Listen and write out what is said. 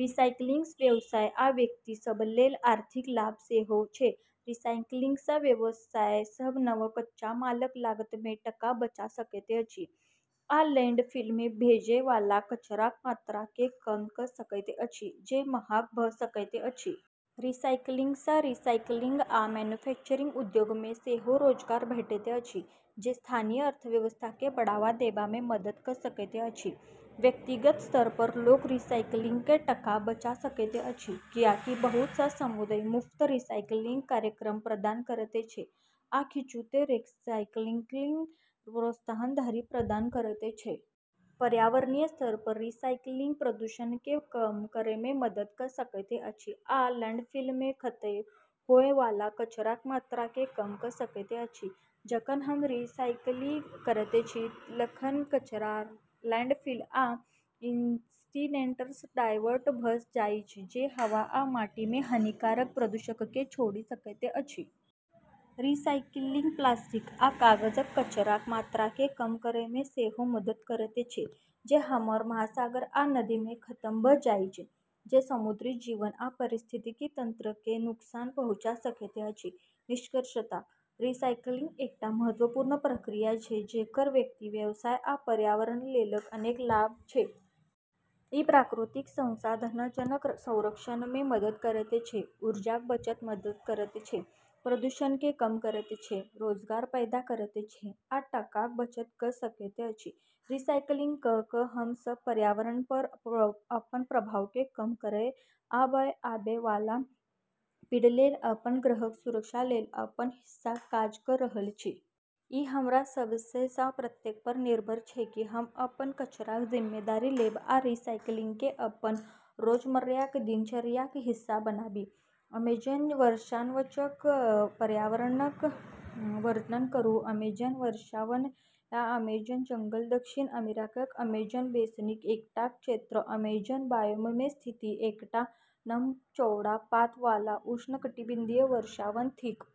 रिसाइकिलिंगसँ व्यवसाय आ व्यक्ति सभलेल आर्थिक लाभ सेहो छै। रिसाइकिलिंगसँ व्यवसाय सभ नव कच्चा मालक लागतमे टका बचा सकैत अछि, आ लैंडफिलमे भेजय वाला कचराक मात्राकेँ कम कऽ सकैत अछि, जे महग भऽ सकैत अछि। रिसाइकिलिंगसँ रीसाइक्लिंग आ मैन्युफैक्चरिंग उद्योगमे सेहो रोजगार भेटैत अछि, जे स्थानीय अर्थव्यवस्थाकेँ बढ़ावा देबामे मदद कऽ सकैत अछि। व्यक्तिगत स्तरपर लोक रिसाइकिलिंगसँ टका बचा सकैत अछि, कियाकि बहुत सँ समुदाय मुफ्त रीसाइक्लिंग कार्यक्रम प्रदान करैत छै, आ किछु तँ रिसाइकिलिंगलेल प्रोत्साहन धरि प्रदान करैत छै। पर्यावरणीय स्तरपर रिसाइकिलिंग प्रदूषणकेँ कम करैमे मदद कऽ सकैत अछि आ लैंडफिलमे खतम होय वाला कचराक मात्राकेँ कम कऽ सकैत अछि। जखन हम रिसाइकिल करैत छी तखन कचरा लैंडफिल आ इंसिनेटरसँ डायवर्ट भऽ जाइछ, जे हवा आ माटीमे हानिकारक प्रदूषककेँ छोड़ि सकैत अछि। रिसाइकिलिंग प्लास्टिक आ कागजक कचराक मात्राकेँ कम करैमे सेहो मदद करैत छै जे हमर महासागर आ नदीमे खतम भऽ जाइछ, जे समुद्री जीवन आ पारिस्थितिकी तंत्रकेँ नुकसान पहुँचा सकैत अछि। निष्कर्षतः, रीसाइक्लिंग एकटा महत्वपूर्ण प्रक्रिया छै जेकर व्यक्ति, व्यवसाय आ पर्यावरणलेल अनेक लाभ छै। ई प्राकृतिक संसाधनक संरक्षणमे मदद करैत छै, ऊर्जाक बचत करैत छै, प्रदूषणकेँ कम करैत छै, रोजगार पैदा करैत छै, आ टकाक बचत कऽ सकैत अछि। रिसाइकिलिंग कऽ कऽ हम सभ पर्यावरणपर अपन प्रभावकेँ कम करै आ आबै वाला पीढ़ीलेल अपन ग्रहक सुरक्षालेल अपन हिस्साक काज कऽ रहल छी। ई हमरा सभमे सँ प्रत्येकपर निर्भर छै कि हम अपन कचराक जिम्मेदारी लेब आ रिसाइकिलिंगकेँ अपन रोजमर्राक दिनचर्याक हिस्सा बनाबी। अमेजन वर्षावनक पर्यावरणक वर्णन करू। अमेजन वर्षावन या अमेजन जंगल दक्षिण अमेरिकाक अमेजन बेसिनक एकटा क्षेत्र अमेजन बायोममे स्थित एकटा नम चौड़ा पात वाला उष्णकटिबंधीय वर्षावन थिक।